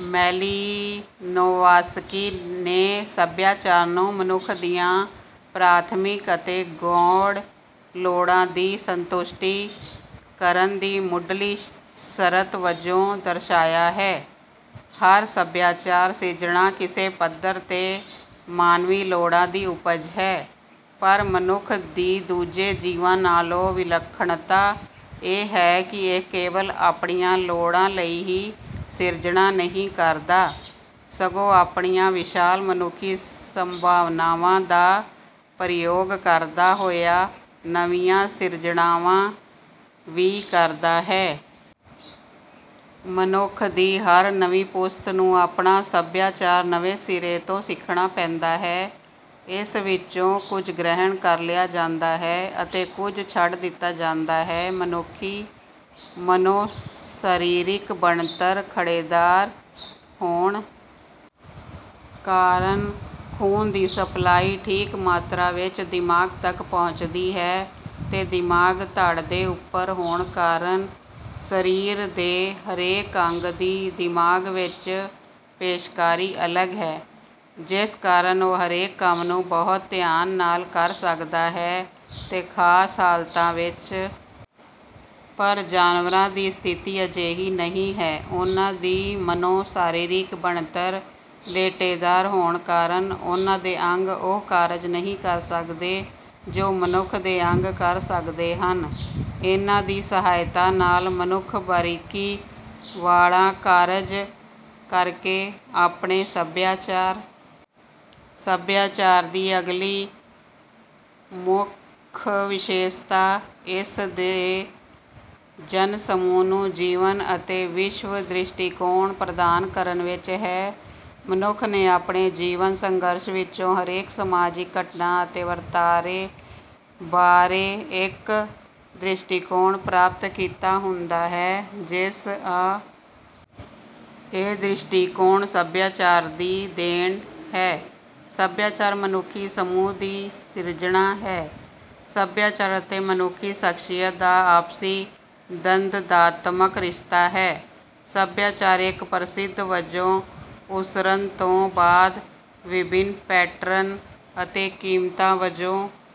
Malinowski ਨੇ ਸਭਿਆਚਾਰ ਨੂੰ ਮਨੁੱਖ ਦੀਆਂ ਪ੍ਰਾਥਮਿਕ ਅਤੇ ਗੌਣ ਲੋੜਾਂ ਦੀ ਸੰਤੁਸ਼ਟੀ ਕਰਨ ਦੀ ਮੁੱਢਲੀ ਸ਼ਰਤ ਵਜੋਂ ਦਰਸਾਇਆ ਹੈ। “ਹਰ ਸਭਿਆਚਾਰਕ ਸਿਰਜਣਾ ਕਿਸੇ ਪੱਧਰ ’ਤੇ ਮਾਨਵੀ ਲੋੜਾਂ ਦੀ ਉਪਜ ਹੈ। ਪਰ ਮਨੁੱਖ ਦੀ ਦੂਜੇ ਜੀਵਾਂ ਨਾਲੋਂ ਵਿਲੱਖਣਤਾ ਇਹ ਹੈ ਕਿ ਇਹ ਕੇਵਲ ਆਪਣੀਆਂ ਲੋੜਾਂ ਲਈ ਹੀ ਸਿਰਜਣਾ ਨਹੀਂ ਕਰਦਾ, ਸਗੋਂ ਆਪਣੀਆਂ ਵਿਸ਼ਾਲ ਮਨੁੱਖੀ ਸੰਭਾਵਨਾਵਾਂ ਦਾ ਪ੍ਰਯੋਗ ਕਰਦਾ ਹੋਇਆ ਨਵੀਆਂ ਸਿਰਜਣਾਵਾਂ ਵੀ ਕਰਦਾ ਹੈ।” ਮਨੁੱਖ ਦੀ ਹਰ ਨਵੀਂ ਪੁਸ਼ਤ ਨੂੰ ਆਪਣਾ ਸਭਿਆਚਾਰ ਨਵੇਂ ਸਿਰੇ ਤੋਂ ਸਿੱਖਣਾ ਪੈਂਦਾ ਹੈ। ਇਸ ਵਿੱਚੋਂ ਕੁਝ ਗ੍ਰਹਿਣ ਕਰ ਲਿਆ ਜਾਂਦਾ ਹੈ ਅਤੇ ਕੁਝ ਛੱਡ ਦਿੱਤਾ ਜਾਂਦਾ ਹੈ। ਮਨੁੱਖੀ ਮਨੋ-ਸਰੀਰਕ ਬਣਤਰ ਖੜ੍ਹੇਦਾਰ ਹੋਣ ਕਾਰਨ ਖ਼ੂਨ ਦੀ ਸਪਲਾਈ ਠੀਕ ਮਾਤਰਾ ਵਿੱਚ ਦਿਮਾਗ ਤੱਕ ਪਹੁੰਚਦੀ ਹੈ ਤੇ ਦਿਮਾਗ ਧੜ ਦੇ ਉੱਪਰ ਹੋਣ ਕਾਰਨ ਸਰੀਰ ਦੇ ਹਰੇਕ ਅੰਗ ਦੀ ਦਿਮਾਗ ਵਿੱਚ ਪੇਸ਼ਕਾਰੀ ਅਲੱਗ ਹੈ, ਜਿਸ ਕਾਰਨ ਉਹ ਹਰੇਕ ਕੰਮ ਨੂੰ ਬਹੁਤ ਧਿਆਨ ਨਾਲ ਕਰ ਸਕਦਾ ਹੈ ਤੇ ਖ਼ਾਸ ਹਾਲਤਾਂ ਵਿੱਚ ਆਪਣੇ ਅੰਗਾਂ ਤੋਂ ਖ਼ਾਸ ਹਰਕਤਾਂ ਕਰਵਾ ਲੈਂਦਾ ਹੈ। ਪਰ ਜਾਨਵਰਾਂ ਦੀ ਸਥਿਤੀ ਅਜਿਹੀ ਨਹੀਂ ਹੈ। ਉਨ੍ਹਾਂ ਦੀ ਮਨੋ-ਸਰੀਰਕ ਬਣਤਰ ਲੇਟੇਦਾਰ ਹੋਣ ਕਾਰਨ ਉਨ੍ਹਾਂ ਦੇ ਅੰਗ ਉਹ ਕਾਰਜ ਨਹੀਂ ਕਰ ਸਕਦੇ ਜੋ ਮਨੁੱਖ ਦੇ ਅੰਗ ਕਰ ਸਕਦੇ ਹਨ। ਇਨ੍ਹਾਂ ਦੀ ਸਹਾਇਤਾ ਨਾਲ ਮਨੁੱਖ ਬਾਰੀਕੀ ਵਾਲਾ ਕਾਰਜ ਕਰਕੇ ਆਪਣੇ ਸਭਿਆਚਾਰ ਦੀ ਸਿਰਜਣਾ ਕਰਦਾ ਹੈ। ਸਭਿਆਚਾਰ ਦੀ ਅਗਲੀ ਮੁੱਖ ਵਿਸ਼ੇਸ਼ਤਾ ਇਸ ਦੇ ਜਨ-ਸਮੂਹ ਨੂੰ ਜੀਵਨ ਅਤੇ ਵਿਸ਼ਵ-ਦ੍ਰਿਸ਼ਟੀਕੋਣ ਪ੍ਰਦਾਨ ਕਰਨ ਵਿੱਚ ਹੈ। ਮਨੁੱਖ ਨੇ ਆਪਣੇ ਜੀਵਨ-ਸੰਘਰਸ਼ ਵਿੱਚੋਂ ਹਰੇਕ ਸਮਾਜਿਕ ਘਟਨਾ ਅਤੇ ਵਰਤਾਰੇ ਬਾਰੇ ਇੱਕ ਦ੍ਰਿਸ਼ਟੀਕੋਣ ਪ੍ਰਾਪਤ ਕੀਤਾ ਹੁੰਦਾ ਹੈ, ਜਿਸ ਅਨੁਸਾਰ ਉਹ ਹਰੇਕ ਪੱਖ ਅਤੇ ਰੂਪ ਨੂੰ ਸਮਝਦਾ ਅਤੇ ਪ੍ਰਵਾਨ ਕਰਦਾ ਹੈ। ਇਹ ਦ੍ਰਿਸ਼ਟੀਕੋਣ ਸਭਿਆਚਾਰ ਦੀ ਦੇਣ ਹੈ। ਸਭਿਆਚਾਰ ਮਨੁੱਖੀ ਸਮੂਹ ਦੀ ਸਿਰਜਣਾ ਹੈ। ਸਭਿਆਚਾਰ ਅਤੇ ਮਨੁੱਖੀ ਸ਼ਖ਼ਸੀਅਤ ਦਾ ਆਪਸੀ ਦਵੰਦਾਤਮਕ ਰਿਸ਼ਤਾ ਹੈ। ਸਭਿਆਚਾਰ ਇੱਕ ਪ੍ਰਬੰਧ ਵਜੋਂ ਉਸਰਨ ਤੋਂ ਬਾਅਦ ‘ਵਿਭਿੰਨ ਪੈਟਰਨ’ ਅਤੇ ਕੀਮਤਾਂ ਵਜੋਂ ਸਮਾਜ ਵਿੱਚ ਜਿਹੜਾ ਜੀਵਨ-ਢੰਗ ਸਿਰਜਦਾ ਹੈ, ਉਹ...